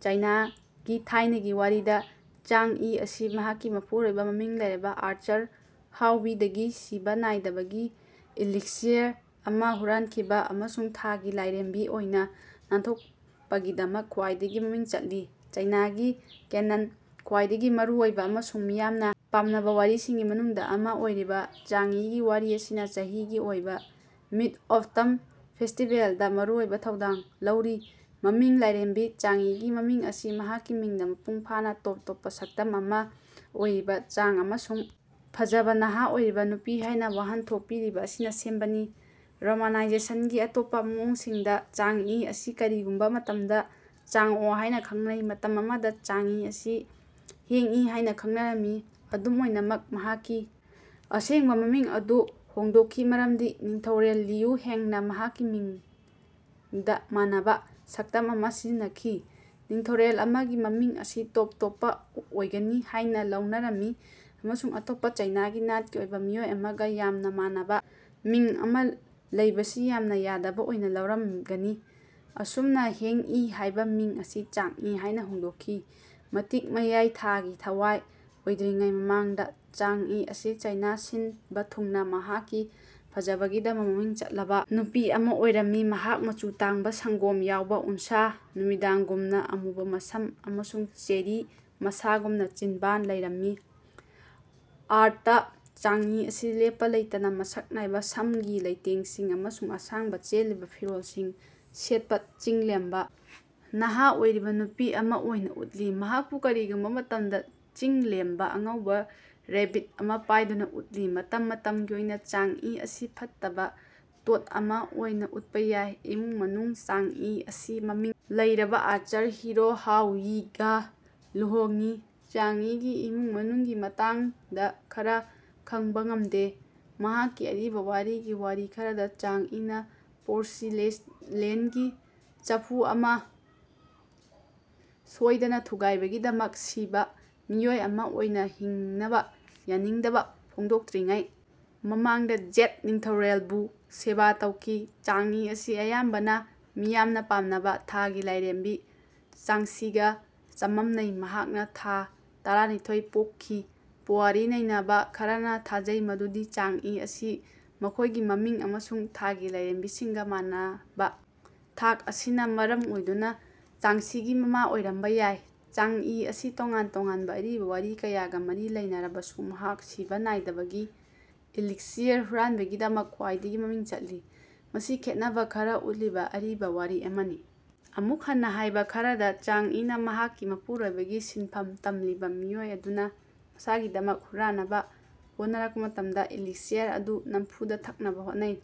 ꯆꯥꯏꯅꯥꯒꯤ ꯊꯥꯏꯅꯒꯤ ꯋꯥꯔꯤꯗ ꯆꯥꯡ ꯏ ꯑꯁꯤ ꯃꯍꯥꯛꯀꯤ ꯃꯄꯨꯔꯣꯏꯕ ꯃꯃꯤꯡ ꯂꯩꯔꯕ ꯑꯥꯔꯆꯔ ꯍꯥꯎ ꯌꯤ ꯗꯒꯤ ꯁꯤꯕ ꯅꯥꯏꯗꯕꯒꯤ ꯏꯂꯤꯛꯁꯤꯔ ꯑꯃ ꯍꯨꯔꯥꯟꯈꯤꯕ ꯑꯃꯁꯨꯡ ꯊꯥꯒꯤ ꯂꯥꯏꯔꯦꯝꯕꯤ ꯑꯣꯏꯅꯕ ꯅꯥꯟꯊꯣꯛꯄꯒꯤꯗꯃꯛ ꯈ꯭ꯋꯥꯏꯗꯒꯤ ꯃꯃꯤꯡ ꯆꯠꯂꯤ꯫ ꯆꯥꯏꯅꯥꯒꯤ ꯀꯦꯅꯟꯗ ꯈ꯭ꯋꯥꯏꯗꯒꯤ ꯃꯔꯨꯑꯣꯏꯕ ꯑꯃꯁꯨꯡ ꯃꯤꯌꯥꯝꯅ ꯄꯥꯝꯅꯕ ꯋꯥꯔꯤꯁꯤꯡꯒꯤ ꯃꯅꯨꯡꯗ ꯑꯃ ꯑꯣꯏꯔꯤꯕ ꯆꯥꯡ ꯏꯒꯤ ꯋꯥꯔꯤ ꯑꯁꯤꯅ ꯆꯍꯤꯒꯤ ꯑꯣꯏꯕ ꯃꯤꯗ ꯑꯣꯇꯝ ꯐꯦꯁꯇꯤꯕꯦꯜꯗ ꯃꯔꯨꯑꯣꯏꯕ ꯊꯧꯗꯥꯡ ꯂꯧꯔꯤ꯫ ꯃꯃꯤꯡ ꯂꯥꯏꯔꯦꯝꯕꯤ ꯆꯥꯡꯏꯒꯤ ꯃꯃꯤꯡ ꯑꯁꯤ ꯃꯍꯥꯛꯀꯤ ꯃꯤꯡꯗ ꯃꯄꯨꯡ ꯐꯥꯅ ꯇꯣꯞ ꯇꯣꯞꯄ ꯁꯛꯇꯝ ꯑꯃ ꯑꯣꯏꯔꯤꯕ ꯆꯥꯡ ꯑꯃꯁꯨꯡ ꯐꯖꯕ ꯅꯍꯥ ꯑꯣꯏꯔꯤꯕ ꯅꯨꯄꯤ ꯍꯥꯏꯅ ꯋꯥꯍꯟꯊꯣꯛ ꯄꯤꯔꯤꯕ ꯑꯁꯤꯅ ꯁꯦꯝꯕꯅꯤ꯫ ꯔꯣꯃꯥꯅꯥꯏꯖꯦꯁꯟꯒꯤ ꯑꯇꯣꯞꯄ ꯃꯑꯣꯡꯁꯤꯡꯗ ꯆꯥꯡ ꯏ ꯑꯁꯤ ꯀꯔꯤꯒꯨꯝꯕ ꯃꯇꯝꯗ ꯆꯥꯡ ꯑꯣ ꯍꯥꯏꯅ ꯈꯪꯅꯩ꯫ ꯃꯇꯝ ꯑꯃꯗ ꯆꯥꯡ ꯏ ꯑꯁꯤ ꯍꯦꯡ ꯏ ꯍꯥꯏꯅ ꯈꯪꯅꯔꯝꯃꯤ꯫ ꯑꯗꯨꯝ ꯑꯣꯏꯅꯃꯛ ꯃꯍꯥꯛꯀꯤ ꯑꯁꯦꯡꯕ ꯃꯃꯤꯡ ꯑꯗꯨ ꯍꯣꯡꯗꯣꯛꯈꯤ ꯃꯔꯝꯗꯤ ꯅꯤꯡꯊꯧꯔꯦꯜ ꯂꯤꯌꯨ ꯍꯦꯡ ꯅ ꯃꯍꯥꯛꯀꯤ ꯃꯤꯡꯗ ꯃꯥꯟꯅꯕ ꯁꯛꯇꯝ ꯑꯃꯥ ꯁꯤꯖꯤꯟꯅꯈꯤ꯫ ꯅꯤꯡꯊꯧꯔꯦꯜ ꯑꯃꯒꯤ ꯃꯃꯤꯡ ꯑꯁꯤ ꯇꯣꯞ ꯇꯣꯞꯄ ꯑꯣꯏꯒꯅꯤ ꯍꯥꯏꯅ ꯂꯧꯅꯔꯝꯃꯤ ꯑꯃꯁꯨꯡ ꯑꯇꯣꯞꯄ ꯆꯥꯏꯅꯥꯒꯤ ꯅꯥꯠꯀꯤ ꯑꯣꯏꯕ ꯃꯤꯑꯣꯏ ꯑꯃꯒ ꯌꯥꯝꯅ ꯃꯥꯟꯅꯕ ꯃꯤꯡ ꯑꯃ ꯂꯩꯕꯁꯤ ꯌꯥꯝꯅ ꯌꯥꯗꯕ ꯑꯣꯏꯅ ꯂꯧꯔꯝꯒꯅꯤ꯫ ꯑꯁꯨꯝꯅ ꯍꯦꯡ ꯏ ꯍꯥꯏꯕ ꯃꯤꯡ ꯑꯁꯤ ꯆꯥꯡ ꯏ ꯍꯥꯏꯅ ꯍꯣꯡꯗꯣꯛꯈꯤ꯫ ꯃꯇꯤꯛ ꯃꯌꯥꯏ ꯊꯥꯒꯤ ꯊꯋꯥꯏ ꯑꯣꯏꯗ꯭ꯔꯤꯉꯩ ꯃꯃꯥꯡꯗ ꯆꯥꯡ ꯏ ꯑꯁꯤ ꯆꯥꯏꯅꯥ ꯁꯤꯟꯕ ꯊꯨꯡꯅ ꯃꯍꯥꯛꯀꯤ ꯐꯖꯕꯒꯤꯗꯃꯛ ꯃꯃꯤꯡ ꯆꯠꯂꯕ ꯅꯨꯄꯤ ꯑꯃ ꯑꯣꯏꯔꯝꯃꯤ꯫ ꯃꯍꯥꯛ ꯃꯆꯨ ꯇꯥꯡꯕ ꯁꯪꯒꯣꯝ ꯌꯥꯎꯕ ꯎꯟꯁꯥ ꯅꯨꯃꯤꯗꯥꯡꯒꯨꯝꯅ ꯑꯃꯨꯕ ꯃꯁꯝ ꯑꯃꯁꯨꯡ ꯆꯦꯔꯤ ꯃꯁꯥꯒꯨꯝꯅ ꯆꯤꯟꯕꯥꯟ ꯂꯩꯔꯝꯃꯤ꯫ ꯑꯥꯔꯠꯇ ꯆꯥꯡ ꯏ ꯑꯁꯤ ꯂꯦꯞꯄ ꯂꯩꯇꯅ ꯃꯁꯛ ꯅꯥꯏꯕ ꯁꯝꯒꯤ ꯂꯩꯇꯦꯡꯁꯤꯡ ꯑꯃꯁꯨꯡ ꯑꯁꯥꯡꯕ ꯆꯦꯜꯂꯤꯕ ꯐꯤꯔꯣꯜꯁꯤꯡ ꯁꯦꯠꯄ ꯆꯤꯡꯂꯦꯝꯕ ꯅꯍꯥ ꯑꯣꯏꯔꯤꯕ ꯅꯨꯄꯤ ꯑꯃ ꯑꯣꯏꯅ ꯎꯠꯂꯤ꯫ ꯃꯍꯥꯛꯄꯨ ꯀꯔꯤꯒꯨꯝꯕ ꯃꯇꯝꯗ ꯆꯤꯡꯂꯦꯝꯕ ꯑꯉꯧꯕ ꯔꯦꯕꯤꯠ ꯑꯃ ꯄꯥꯏꯗꯨꯅ ꯎꯠꯂꯤ꯫ ꯃꯇꯝ ꯃꯇꯝꯒꯤ ꯑꯣꯏꯅ ꯆꯥꯡ ꯏ ꯑꯁꯤ ꯐꯠꯇꯕ ꯇꯣꯗ ꯑꯃ ꯑꯣꯏꯅ ꯎꯠꯄ ꯌꯥꯏ꯫ ꯏꯃꯨꯡ ꯃꯅꯨꯡ ꯆꯥꯡ ꯏ ꯑꯁꯤ ꯃꯃꯤꯡ ꯂꯩꯔꯕ ꯑꯥꯔꯆꯔ ꯍꯤꯔꯣ ꯍꯥꯎ ꯌꯤꯒ ꯂꯨꯍꯣꯡꯏ꯫ ꯆꯥꯡ ꯏꯒꯤ ꯏꯃꯨꯡ ꯃꯅꯨꯡꯒꯤ ꯃꯇꯥꯡꯗ ꯈꯔ ꯈꯪꯕ ꯉꯝꯗꯦ꯫ ꯃꯍꯥꯛꯀꯤ ꯑꯔꯤꯕ ꯋꯥꯔꯤꯒꯤ ꯋꯥꯔꯤ ꯈꯔꯗ ꯆꯥꯡ ꯏꯅ ꯄꯣꯔꯁꯤꯂꯦꯟꯒꯤ ꯆꯐꯨ ꯑꯃ ꯁꯣꯏꯗꯅ ꯊꯨꯒꯥꯏꯕꯒꯤꯗꯃꯛ ꯁꯤꯕ ꯃꯤꯑꯣꯏ ꯑꯃ ꯑꯣꯏꯅ ꯍꯤꯡꯅꯕ ꯌꯥꯅꯤꯡꯗꯕ ꯐꯣꯡꯗꯣꯛꯇ꯭ꯔꯤꯉꯩ ꯃꯃꯥꯡꯗ ꯖꯦꯗ ꯅꯤꯡꯊꯧꯔꯦꯜꯕꯨ ꯁꯦꯕꯥ ꯇꯧꯈꯤ꯫ ꯆꯥꯡ ꯏ ꯑꯁꯤ ꯑꯌꯥꯝꯕꯅ ꯃꯤꯌꯥꯝꯅ ꯄꯥꯝꯅꯕ ꯊꯥꯒꯤ ꯂꯥꯏꯔꯦꯝꯕꯤ ꯆꯥꯡꯁꯤꯒ ꯆꯃꯝꯅꯩ ꯃꯍꯥꯛꯅ ꯊꯥ ꯇꯔꯥꯅꯤꯊꯣꯏ ꯄꯣꯛꯈꯤ꯫ ꯄꯨꯋꯥꯔꯤ ꯅꯩꯅꯕ ꯈꯔꯅ ꯊꯥꯖꯩ ꯃꯗꯨꯗꯤ ꯆꯥꯡ ꯏ ꯑꯁꯤ ꯃꯈꯣꯏꯒꯤ ꯃꯃꯤꯡ ꯑꯃꯁꯨꯡ ꯊꯥꯒꯤ ꯂꯥꯏꯔꯦꯝꯕꯤꯁꯤꯡꯒ ꯃꯥꯟꯅꯕ ꯊꯥꯛ ꯑꯁꯤꯅ ꯃꯔꯝ ꯑꯣꯏꯗꯨꯅ ꯆꯥꯡꯁꯤꯒꯤ ꯃꯃꯥ ꯑꯣꯏꯔꯝꯕ ꯌꯥꯏ꯫ ꯆꯥꯡ ꯏ ꯑꯁꯤ ꯇꯣꯉꯥꯟ ꯇꯣꯉꯥꯟꯕ ꯑꯔꯤꯕ ꯋꯥꯔꯤ ꯀꯌꯥꯒ ꯃꯔꯤ ꯂꯩꯅꯔꯕꯁꯨ ꯃꯍꯥꯛ ꯁꯤꯕ ꯅꯥꯏꯗꯕꯒꯤ ꯏꯂꯤꯛꯁꯤꯔ ꯍꯨꯔꯥꯟꯕꯒꯤꯗꯃꯛ ꯈ꯭ꯋꯥꯏꯗꯒꯤ ꯃꯃꯤꯡ ꯆꯠꯂꯤ꯫ ꯃꯁꯤ ꯈꯦꯠꯅꯕ ꯈꯔ ꯎꯠꯂꯤꯕ ꯑꯔꯤꯕ ꯋꯥꯔꯤ ꯑꯃꯅꯤ꯫ ꯑꯃꯨꯛ ꯍꯟꯅ ꯍꯥꯏꯕ ꯈꯔꯗ ꯆꯥꯡ ꯏꯅ ꯃꯍꯥꯛꯀꯤ ꯃꯄꯨꯔꯣꯏꯕꯒꯤ ꯁꯤꯟꯐꯝ ꯇꯝꯂꯤꯕ ꯃꯤꯑꯣꯏ ꯑꯗꯨꯅ ꯃꯁꯥꯒꯤꯗꯃꯛ ꯍꯨꯔꯥꯟꯅꯕ ꯍꯣꯠꯅꯔꯛꯄ ꯃꯇꯝꯗ ꯏꯂꯤꯛꯁꯤꯔ ꯑꯗꯨ ꯅꯝꯐꯨꯗ ꯊꯛꯅꯕ ꯍꯣꯠꯅꯩ꯫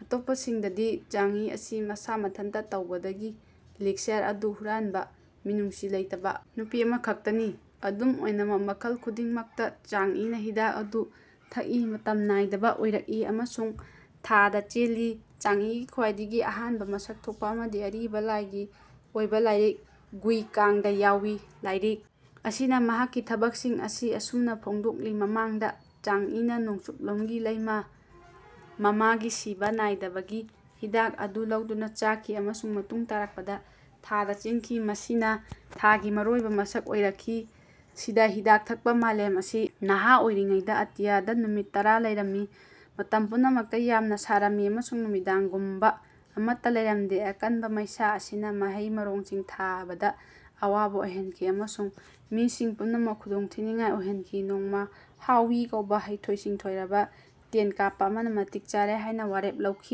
ꯑꯇꯣꯞꯄꯁꯤꯡꯗꯗꯤ ꯆꯥꯡ ꯏ ꯑꯁꯤ ꯃꯁꯥ ꯃꯊꯟꯇ ꯇꯧꯕꯗꯒꯤ ꯏꯂꯤꯛꯁꯤꯔ ꯑꯗꯨ ꯍꯨꯔꯥꯟꯕ ꯃꯤꯅꯨꯡꯁꯤ ꯂꯩꯇꯕ ꯅꯨꯄꯤ ꯑꯃꯈꯛꯇꯅꯤ꯫ ꯑꯗꯨꯝ ꯑꯣꯏꯅꯃꯛ ꯃꯈꯜ ꯈꯨꯗꯤꯡꯃꯛꯇ ꯆꯥꯡ ꯏꯅ ꯍꯤꯗꯥꯛ ꯑꯗꯨ ꯊꯛꯏ ꯃꯇꯝ ꯅꯥꯏꯗꯕ ꯑꯣꯏꯔꯛꯏ ꯑꯃꯁꯨꯡ ꯊꯥꯗ ꯆꯦꯜꯂꯤ꯫ ꯆꯥꯡ ꯏꯒꯤ ꯈ꯭ꯋꯥꯏꯗꯒꯤ ꯑꯍꯥꯟꯕ ꯃꯁꯛ ꯊꯣꯛꯄ ꯑꯃꯗꯤ ꯑꯔꯤꯕ ꯂꯥꯏꯒꯤ ꯑꯣꯏꯕ ꯂꯥꯏꯔꯤꯛ ꯒꯨꯏ ꯀꯥꯡ ꯗ ꯌꯥꯎꯏ꯫ ꯂꯥꯏꯔꯤꯛ ꯑꯁꯤꯅ ꯃꯍꯥꯛꯀꯤ ꯊꯕꯛꯁꯤꯡ ꯑꯁꯤ ꯑꯁꯨꯝꯅ ꯐꯣꯡꯗꯣꯛꯂꯤ ꯃꯃꯥꯡꯗ ꯆꯥꯡ ꯏꯅ ꯅꯣꯡꯆꯨꯞꯂꯣꯝꯒꯤ ꯂꯩꯃ ꯃꯃꯥꯒꯤ ꯁꯤꯕ ꯅꯥꯏꯗꯕꯒꯤ ꯍꯤꯗꯥꯛ ꯑꯗꯨ ꯂꯧꯗꯨꯅ ꯆꯥꯈꯤ ꯑꯃꯁꯨꯡ ꯃꯇꯨꯡ ꯇꯥꯔꯛꯄꯗ ꯊꯥꯗ ꯆꯦꯟꯈꯤ ꯃꯁꯤꯅ ꯊꯥꯒꯤ ꯃꯔꯨꯑꯣꯏꯕ ꯃꯁꯛ ꯑꯣꯏꯔꯛꯈꯤ꯫ ꯁꯤꯗ ꯍꯤꯗꯥꯛ ꯊꯛꯄ ꯃꯥꯂꯦꯝ ꯑꯁꯤ ꯅꯍꯥ ꯑꯣꯏꯔꯤꯉꯩꯗ ꯑꯇꯤꯌꯥꯗ ꯅꯨꯃꯤꯠ ꯇꯔꯥ ꯂꯩꯔꯝꯃꯤ꯫ ꯃꯇꯝ ꯄꯨꯝꯅꯃꯛꯇ ꯌꯥꯝꯅ ꯁꯥꯔꯝꯃꯤ ꯑꯃꯁꯨꯡ ꯅꯨꯃꯤꯗꯥꯡꯒꯨꯝꯕ ꯑꯃꯠꯇ ꯂꯩꯔꯝꯗꯦ꯫ ꯑꯀꯟꯕ ꯃꯩꯁꯥ ꯑꯁꯤꯅ ꯃꯍꯩ-ꯃꯔꯣꯡꯁꯤꯡ ꯊꯥꯕꯗ ꯑꯋꯥꯕ ꯑꯣꯏꯍꯟꯈꯤ ꯑꯃꯁꯨꯡ ꯃꯤꯁꯤꯡ ꯄꯨꯝꯅꯃꯛ ꯈꯨꯗꯣꯡꯊꯤꯅꯤꯡꯉꯥꯏ ꯑꯣꯏꯍꯟꯈꯤ꯫ ꯅꯣꯡꯃ ꯍꯥꯎ ꯌꯤ ꯀꯧꯕ ꯍꯩꯊꯣꯏ ꯁꯤꯡꯊꯣꯏꯔꯕ ꯇꯦꯟꯀꯥꯞꯄ ꯑꯃꯅ ꯃꯇꯤꯛ ꯆꯥꯔꯦ ꯍꯥꯏꯅ ꯋꯥꯔꯦꯞ ꯂꯧꯈꯤ꯫